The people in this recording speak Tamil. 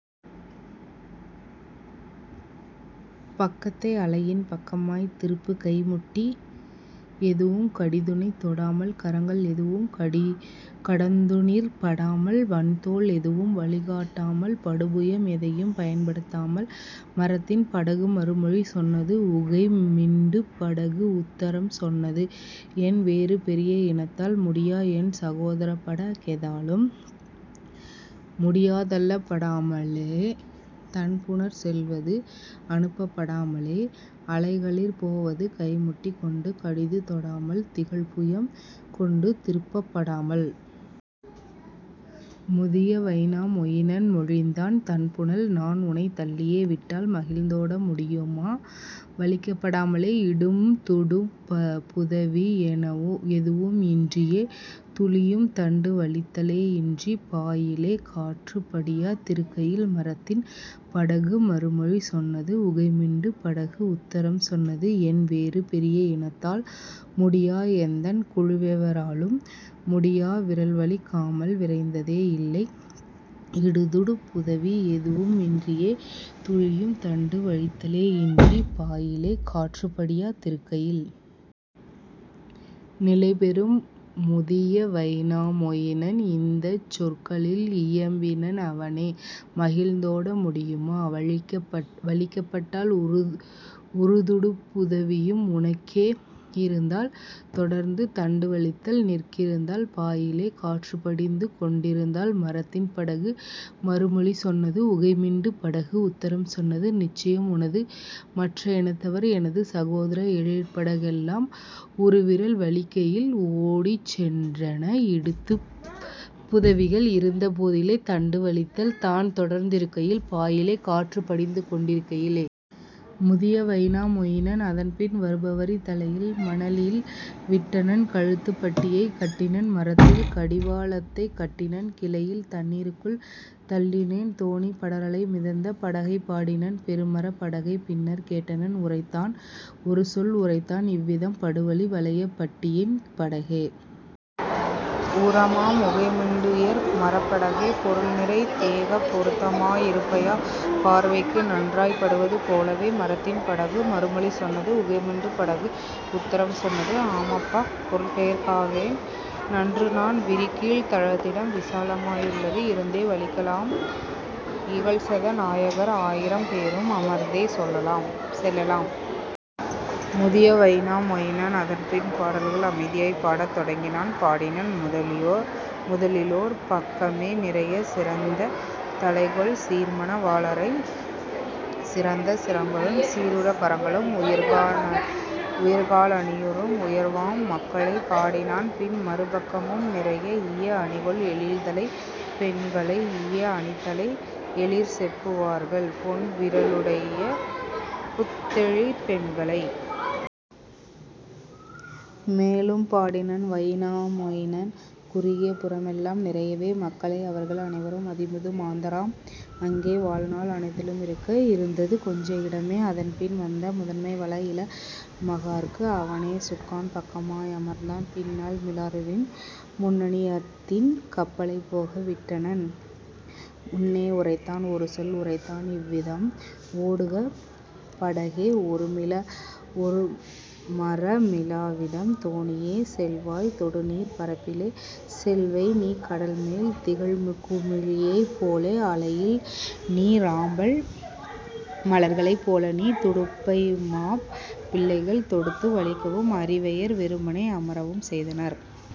பக்கத்தை அலையின் பக்கமாய் திருப்பு கைமுட்டி எதுவும் கடிதுனைத் தொடாமல் கரங்கள் எதுவும் கடந்துனிற் படாமல் வன்தோள் எதுவும் வழிகாட் டாமல் படுபுயம் எதையும் பயன்படுத் தாமல். " மரத்தின் படகு மறுமொழி சொன்னது உகைமிண்டுப் படகு உத்தரம் சொன்னது: "என்வேறு பெரிய இனத்தால் முடியா என்சகோ தரப்பட கெதாலும் முடியா தள்ளப் படாமலே தண்புனற் செல்வது அனுப்பப் படாமலே அலைகளிற் போவது கைமுட்டி கொண்டு கடிது தொடாமல் திகழ்புயம் கொண்டு திருப்பப் படாமல். " முதிய வைனா மொயினன் மொழிந்தான்: "தண்புனல் நான்உனைத் தள்ளியே விட்டால் மகிழ்ந்தோட முடியுமா வலிக்கப் படாமலே இடும்துடுப் புதவி எதுவும் இன்றியே துளியும் தண்டு வலித்தலே யின்றி பாயிலே காற்றுப் படியா திருக்கையில்? " மரத்தின் படகு மறுமொழி சொன்னது உகைமிண்டுப் படகு உத்தரம் சொன்னது: "என்வேறு பெரிய இனத்தால் முடியா எந்தன் குழுவெவ ராலும் முடியா விரல்வலிக் காமல் விரைந்ததே யில்லை இடுதுடுப் புதவி எதுவும் இன்றியே துளியும் தண்டு வலித்தலே யின்றி பாயிலே காற்றுப் படியா திருக்கையில். " நிலைபெறும் முதிய வைனா மொயினன் இந்தச் சொற்களில் இயம்பினன் அவனே: "மகிழ்ந்தோட முடியுமா வலிக்கப் பட்டால் உறுதுடுப் புதவியும் உனக்கே யிருந்தால் தொடர்ந்து தண்டு வலித்தல் நிற் கிருந்தால் பாயிலே காற்றுப் படிந்துகொண் டிருந்தால்? " மரத்தின் படகு மறுமொழி சொன்னது உகைமிண்டுப் படகு உத்தரம் சொன்னது: "நிச்சயம் எனது மற்ற இனத்தவர் எனது சகோதர எழிற்பட கெல்லாம் உறுவிரல் வலிக்கையில் ஓடிச் சென்றன இடுத்துடுப் புதவிகள் இருந்த போதிலே தண்டு வலித்தல் தான்தொடர்ந் திருக்கையில் பாயிலே காற்றுப் படிந்துகொண் டிருக்கையில். " முதிய வைனா மொயினன் அதன்பின் வருபரி தரையில் மணலில் விட்டனன் கழுத்துப் பட்டியை கட்டினன் மரத்தில் கடிவா ளத்தைக் கட்டினன் கிளையில் தண்ணீ ருக்குள் தள்ளினன் தோணி படரலை மிதந்த படகைப் பாடினன் பெருமரப் படகைப் பின்னர் கேட்டனன் உரைத்தான் ஒருசொல் உரைத்தான் இவ்விதம்: "படுவலி வளையப் பட்டியின் படகே! உரமாம் உகைமிண் டுயர்மரப் படகே! பொருள்நிறைத் தேகப் பொருத்தமா யிருப்பையா பார்வைக்கு நன்றாய்ப் படுவது போலவே? " மரத்தின் படகு மறுமொழி சொன்னது உகைமிண்டுப் படகு உத்தரம் சொன்னது: "ஆமப்பா பொருள்பெயற் காவேன் நன்றுநான் விரிகீழ்த் தளத்திடம் விசாலமா யுள்ளது இருந்தே வலிக்கலாம் இகல்சத நாயகர் ஆயிரம் பேரும் அமர்ந்தே செல்லலாம். " முதிய வைனா மொயினன் அதன்பின் பாடல்கள் அமைதியாய்ப் பாடத் தொடங்கினான், பாடினன் முதலிலோர் பக்கமே நிறைய சிறந்த தலைகொள் சீர்மண வாளரை, சிறந்த சிரங்களும் சீருரக் கரங்களும் உயர்கா லணியுறும் உயர்வாம் மக்களை; பாடினான் பின்மறு பக்கமும் நிறைய ஈய அணிகொள் எழில்தலைப் பெண்களை, ஈய அணித்தலை, எழிற்செப்பு வார்கள், பொன் விரலுடைய புத்தெழிற் பெண்களை. மேலும் பாடினன் வைனா மொயினன் குறுகிய புறமெலாம் நிறையவே மக்களை அவர்கள் அனைவரும் அதிமுது மாந்தராம் அங்கே வாழ்நாள் அனைத்திலு மிருக்க இருந்தது கொஞ்ச இடமே அதன்பின் வந்த முதன்மை வளஇள மகார்க்கு. அவனே சுக்கான் பக்கமா யமர்ந்தான் பின்னால் மிலாறுவின் முன்னணி யத்தின் கப்பலைப் போக விட்டனன் முன்னே உரைத்தான் ஒருசொல் உரைத்தான் இவ்விதம்: "ஓடுக படகே, ஒருமர மிலாவிடம், தோணியே, செல்வாய் தொடுநீர்ப் பரப்பிலே, செல்வைநீ கடல்மேல் திகழ்குமி ழியைப்போல அலையில்நீ ராம்பல் மலர்களைப் போலநீ! " துடுப்பைமாப் பிள்ளைகள் தொடுத்து வலிக்கவும் அரிவையர் வெறுமனே அமரவும் செய்தனன்;